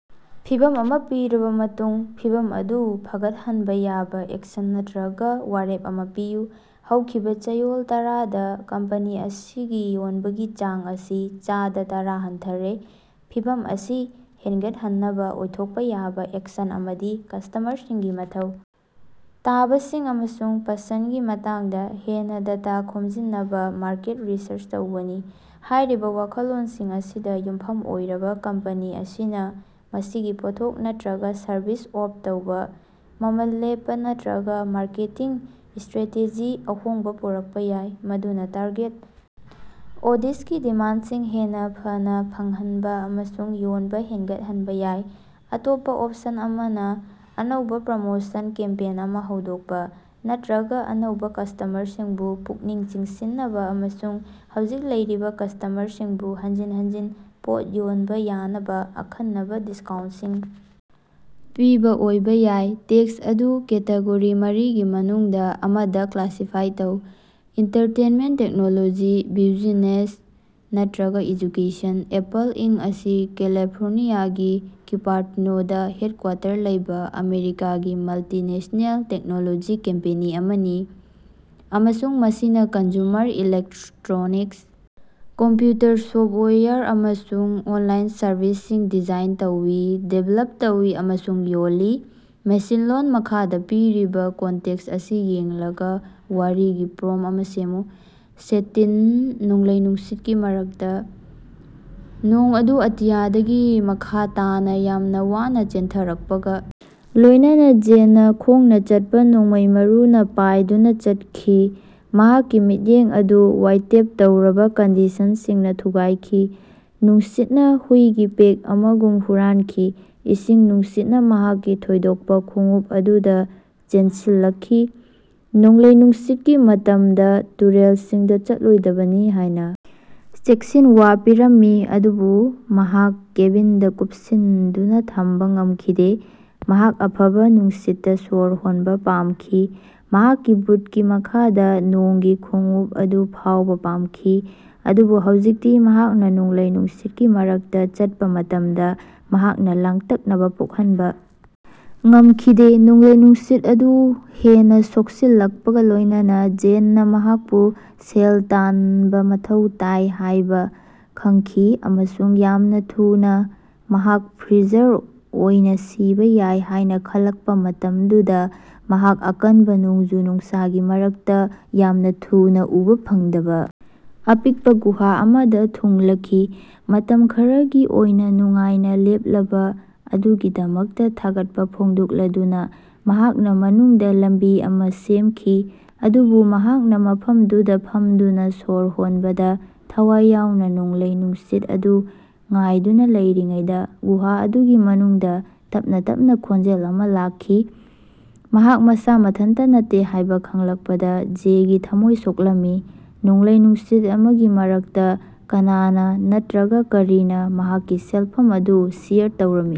ꯐꯤꯚꯝ ꯑꯃ ꯄꯤꯔꯕꯥ ꯃꯇꯨꯡꯗ, ꯐꯤꯚꯝ ꯑꯗꯨ ꯐꯒꯠꯍꯟꯕꯥ ꯌꯥꯕ ꯑꯦꯛꯁꯟ ꯅꯠꯇꯔꯒ ꯋꯥꯔꯦꯞ ꯑꯃ ꯄꯤꯌꯨ꯫ ꯍꯧꯈꯤꯕ ꯆꯌꯣꯜ ꯇꯔꯥꯗ ꯀꯝꯄꯦꯅꯤ ꯑꯁꯤꯒꯤ ꯌꯣꯟꯕꯒꯤ ꯆꯥꯡ ꯑꯁꯤ ꯆꯥꯗ ꯇꯥꯔ ꯍꯟꯊꯔꯦ꯫ ꯐꯤꯚꯝ ꯑꯁꯤ ꯐꯒꯠꯍꯟꯅꯕꯥ ꯑꯣꯏꯊꯣꯛꯄ ꯌꯥꯕ ꯑꯦꯛꯁꯟ ꯑꯃꯗꯤ ꯀꯁ꯭ꯇꯃꯔꯁꯤꯡꯒꯤ ꯃꯊꯧ ꯇꯥꯕꯁꯤꯡ ꯑꯃꯁꯨꯡ ꯄꯁꯟꯗꯒꯤ ꯃꯇꯥꯡꯗ ꯍꯦꯟꯅꯥ ꯗꯇꯥ ꯈꯣꯝꯖꯤꯟꯅꯕꯥ ꯃꯥꯔꯀꯦꯠ ꯔꯤꯁꯔꯆ ꯇꯧꯕꯅꯤ꯫ ꯍꯥꯏꯔꯤꯕ ꯋꯥꯈꯜꯂꯣꯟꯁꯤꯡ ꯑꯁꯤꯗ ꯌꯨꯝꯐꯝ ꯑꯣꯏꯔꯒ ꯀꯝꯄꯦꯅꯤ ꯑꯁꯤꯅ ꯃꯁꯤꯒꯤ ꯄꯣꯠꯊꯣꯛ ꯅꯠꯇꯔꯒꯥ ꯁꯔꯕꯤꯁ ꯑꯣꯐꯔ ꯇꯧꯕ, ꯃꯃꯜ ꯂꯦꯞꯄꯥ ꯅꯠꯇꯔꯒ ꯃꯥꯔꯀꯦꯇꯤꯡ ꯁ꯭ꯇꯔꯦꯇꯦꯖꯤꯗ ꯑꯍꯣꯡꯕ ꯄꯨꯔꯛꯄꯥ ꯌꯥꯏ ꯃꯗꯨꯅꯥ ꯇꯥꯔꯒꯦꯠ ꯑꯣꯗꯤꯁꯒꯤ ꯗꯤꯃꯥꯟꯗꯁꯤꯡ ꯍꯦꯟꯅꯥ ꯐꯅꯥ ꯐꯪꯍꯟꯕ ꯑꯃꯁꯨꯡ ꯌꯣꯟꯕꯥ ꯍꯦꯒꯠꯍꯟꯕ ꯌꯥꯏ꯫ ꯑꯇꯣꯞꯄꯥ ꯑꯣꯞꯁꯟ ꯑꯃꯅ ꯑꯅꯧꯕꯥ ꯄ꯭ꯔꯃꯣꯁꯟ ꯀꯦꯝꯄꯦꯟ ꯑꯃ ꯍꯧꯗꯣꯛꯄꯥ ꯅꯠꯇꯔꯒ ꯑꯅꯧꯕ ꯀꯁ꯭ꯇꯃꯔꯁꯤꯡꯕꯨ ꯄꯨꯛꯅꯤꯡ ꯆꯤꯡꯁꯤꯟꯅꯕ ꯑꯃꯁꯨꯡ ꯍꯧꯖꯤꯛ ꯂꯩꯔꯤꯕ ꯀꯁ꯭ꯇꯃꯔꯁꯤꯡꯕꯨ ꯍꯟꯖꯤꯟ ꯍꯟꯖꯤꯟ ꯄꯣꯠ ꯌꯣꯟꯕꯥ ꯌꯥꯅꯕꯥ ꯑꯈꯟꯅꯕꯥ ꯗꯤꯁꯀꯥꯎꯟꯇꯁꯤꯡ ꯄꯤꯕꯥ ꯑꯣꯏꯕꯥ ꯌꯥꯏ꯫ ꯇꯦꯛꯁꯠ ꯑꯗꯨ ꯀꯦꯇꯦꯒꯣꯔꯤ ꯃꯔꯤ ꯒꯤ ꯃꯅꯨꯡꯗꯥ ꯑꯃꯗ ꯀ꯭ꯂꯥꯁꯤꯐꯥꯏ ꯇꯧ: ꯑꯦꯟꯇꯔꯇꯦꯟꯃꯦꯟꯇ, ꯇꯦꯛꯅꯣꯂꯣꯖꯤ, ꯕꯤꯖꯅꯦꯁ, ꯅꯠꯇꯔꯒ ꯑꯦꯖꯨꯀꯦꯁꯟ꯫ ꯑꯦꯄꯜ ꯏꯟꯀ ꯑꯁꯤ ꯀꯦꯂꯤꯐꯣꯔꯅꯤꯌꯥꯒꯤ ꯀ꯭ꯌꯨꯄꯥꯔꯇꯤꯅꯣꯗꯥ ꯍꯦꯠꯀꯋꯥꯇꯔ ꯂꯩꯕ ꯑꯃꯦꯔꯤꯀꯥꯒꯤ ꯃꯜꯇꯤꯅꯦꯁ꯭ꯅꯦꯜ ꯇꯦꯛꯅꯣꯂꯣꯖꯤ ꯀꯝꯄꯦꯅꯤ ꯑꯃꯅꯤ ꯑꯃꯁꯨꯡ ꯃꯁꯤꯅ ꯀꯟꯖꯨꯃꯔ ꯏꯂꯦꯛꯇꯔꯣꯅꯤꯛꯁ, ꯀꯝꯄꯌꯨꯇꯔ ꯁꯣꯐꯋꯦꯌꯔ ꯑꯃꯁꯨꯡ ꯑꯣꯟꯂꯥꯏꯟ ꯁꯔꯚꯤꯁꯁꯤꯡ ꯗꯤꯖꯥꯏꯟ ꯇꯧꯏ, ꯗꯤꯕꯦꯂꯞ ꯇꯧꯏ ꯑꯃꯁꯨꯡ ꯌꯣꯜꯂꯤ꯫ ꯃꯁꯤꯟꯂꯣꯟ ꯃꯈꯥꯗ ꯄꯤꯔꯤꯕ ꯀꯟꯇꯦꯛꯁ ꯑꯁꯤ ꯌꯦꯡꯂꯒ ꯋꯥꯔꯤ ꯒꯤ ꯄ꯭ꯔꯣꯝꯇ ꯑꯃ ꯁꯦꯝꯃꯨ꯫ ꯁꯦꯇꯤꯡ ꯅꯣꯡꯂꯩ-ꯅꯨꯡꯁꯤꯠꯀꯤ ꯃꯔꯛꯇ꯫ ꯅꯣꯡ ꯑꯗꯨ ꯑꯇꯤꯌꯥꯗꯒꯤ ꯃꯈꯥ ꯇꯥꯅ ꯌꯥꯝꯅ ꯋꯥꯅ ꯆꯦꯟꯊꯔꯛꯄꯒ ꯂꯣꯏꯅꯅꯥ ꯖꯦꯟꯅꯥ ꯈꯣꯡꯅꯥ ꯆꯠꯄꯥ ꯅꯣꯡꯃꯩ ꯃꯔꯨꯅꯥ ꯄꯥꯏꯗꯨꯅ ꯆꯠꯈꯤ, ꯃꯍꯥꯛꯀꯤ ꯃꯤꯠꯌꯦꯡ ꯑꯗꯨ ꯋꯥꯏꯇꯦꯞ ꯇꯧꯔꯕꯥ ꯀꯟꯗꯤꯁꯟꯁꯤꯡꯅ ꯊꯨꯒꯥꯏꯈꯤ꯫ ꯅꯨꯡꯁꯤꯠꯅ ꯍꯨꯏꯒꯤ ꯄꯦꯛ ꯑꯃꯒꯨꯝ ꯍꯨꯔꯥꯟꯈꯤ, ꯏꯁꯤꯡ ꯅꯨꯡꯁꯤꯠꯅ ꯃꯍꯥꯛꯀꯤ ꯊꯣꯏꯗꯣꯛꯄꯥ ꯈꯣꯡꯎꯞ ꯑꯗꯨꯗ ꯆꯦꯟꯁꯤꯜꯂꯛꯈꯤ꯫ ꯅꯣꯡꯂꯩ ꯅꯨꯡꯁꯤꯠꯀꯤ ꯃꯇꯝꯗ ꯇꯨꯔꯦꯜꯁꯤꯡꯗ ꯆꯠꯂꯣꯏꯗꯕꯅꯤ ꯍꯥꯏꯅ ꯆꯦꯛꯁꯤꯟꯋꯥ ꯄꯤꯔꯝꯃꯤ ꯑꯗꯨꯕꯨ ꯃꯍꯥꯛ ꯀꯦꯕꯤꯟꯗ ꯀꯨꯞꯁꯤꯟꯗꯨꯅ ꯊꯝꯕꯥ ꯉꯝꯈꯤꯗꯦ꯫ ꯃꯍꯥꯛ ꯑꯐꯕꯥ ꯅꯨꯡꯁꯤꯠꯇꯥ ꯁ꯭ꯕꯔ ꯍꯣꯟꯕꯥ ꯄꯥꯝꯈꯤ, ꯃꯍꯥꯛꯀꯤ ꯕꯨꯠꯀꯤ ꯃꯈꯥꯗ ꯅꯣꯡꯒꯤ ꯈꯣꯡꯎꯞ ꯑꯗꯨ ꯐꯥꯎꯕꯥ ꯄꯥꯝꯈꯤ꯫ ꯑꯗꯨꯕꯨ ꯍꯧꯖꯤꯛꯇꯤ ꯃꯍꯥꯛꯅ ꯅꯣꯡꯂꯩ ꯅꯨꯡꯁꯤꯠꯀꯤ ꯃꯔꯛꯇꯥ ꯆꯠꯄꯥ ꯃꯇꯝꯗꯥ, ꯃꯍꯥꯛꯅ ꯂꯥꯡꯇꯛꯅꯕꯥ ꯄꯣꯍꯟꯕꯥ ꯉꯝꯈꯤꯗꯦ꯫ ꯅꯣꯡꯂꯩ-ꯅꯨꯡꯁꯤꯠ ꯑꯗꯨ ꯍꯦꯟꯅꯥ ꯁꯣꯛꯆꯤꯜꯂꯛꯄꯒꯥ ꯂꯣꯏꯅꯅꯥ, ꯖꯦꯟꯅꯥ ꯃꯍꯥꯛꯄꯨ ꯁꯦꯜ ꯇꯥꯟꯕꯥ ꯃꯊꯧ ꯇꯥꯏ ꯍꯥꯏꯕꯥ ꯈꯪꯈꯤ ꯑꯃꯁꯨꯡ ꯌꯥꯝꯅꯥ ꯊꯨꯅꯥ꯫ ꯃꯍꯥꯛ ꯐ꯭ꯔꯤꯖꯔ ꯑꯣꯏꯅ ꯁꯤꯕꯥ ꯌꯥꯏ ꯍꯥꯏꯅꯥ ꯈꯜꯂꯛꯄꯥ ꯃꯇꯝꯗꯨꯗꯥ ꯃꯍꯥꯛ ꯑꯀꯟꯕꯥ ꯅꯣꯡꯖꯨ-ꯅꯨꯡꯁꯥꯒꯤ ꯃꯔꯛꯇꯥ ꯌꯥꯝꯅꯥ ꯊꯨꯅꯥ ꯎꯕꯥ ꯐꯪꯗꯕꯥ ꯑꯄꯤꯛꯄꯥ ꯒꯨꯍꯥ ꯑꯃꯗ ꯊꯨꯡꯂꯈꯤ꯫ ꯃꯇꯝ ꯈꯔꯒꯤ ꯑꯣꯏꯅꯥ ꯅꯨꯡꯉꯥꯏꯅꯥ ꯂꯦꯞꯂꯝꯕꯥ ꯑꯗꯨꯒꯤꯗꯃꯛ ꯊꯥꯒꯠꯄꯥ ꯐꯣꯡꯗꯣꯛꯂꯗꯨꯅꯥ ꯃꯍꯥꯛ ꯃꯅꯨꯡꯗꯥ ꯂꯝꯕꯤ ꯁꯦꯝꯈꯤ꯫ ꯑꯗꯨꯕꯨ ꯃꯍꯥꯛ ꯃꯐꯝꯗꯨꯗꯥ ꯐꯝꯗꯨꯅꯥ ꯁꯣꯔ ꯍꯣꯟꯕꯗꯥ ꯊꯋꯥꯏ ꯌꯥꯎꯅꯥ ꯅꯣꯡꯂꯩ ꯅꯨꯡꯁꯤꯠ ꯑꯗꯨ ꯉꯥꯏꯗꯨꯅꯥ ꯂꯩꯔꯤꯉꯩꯗ ꯒꯨꯍꯥ ꯑꯗꯨꯒꯤ ꯃꯅꯨꯡꯗꯥ ꯇꯞꯅꯥ ꯇꯞꯅꯥ ꯈꯣꯟꯖꯦꯜ ꯑꯃ ꯂꯥꯛꯈꯤ꯫ ꯃꯍꯥꯛ ꯃꯁꯥ ꯃꯊꯟꯇꯥ ꯅꯠꯇꯦ ꯍꯥꯏꯕꯥ ꯈꯪꯂꯛꯄꯗꯥ ꯖꯦꯒꯤ ꯊꯝꯃꯣꯏ ꯁꯣꯛꯂꯝꯃꯤ꯫ ꯅꯣꯡꯂꯩ ꯅꯨꯡꯁꯤꯠ ꯑꯃꯒꯤ ꯃꯔꯛꯇꯥ ꯀꯅꯅꯥ, ꯅꯠꯇꯔꯒꯥ ꯀꯔꯤꯅꯥ ꯃꯍꯥꯛꯀꯤ ꯁꯦꯜꯐꯝ ꯑꯗꯨ ꯁꯦꯌꯔ ꯇꯧꯔꯝꯃꯤ?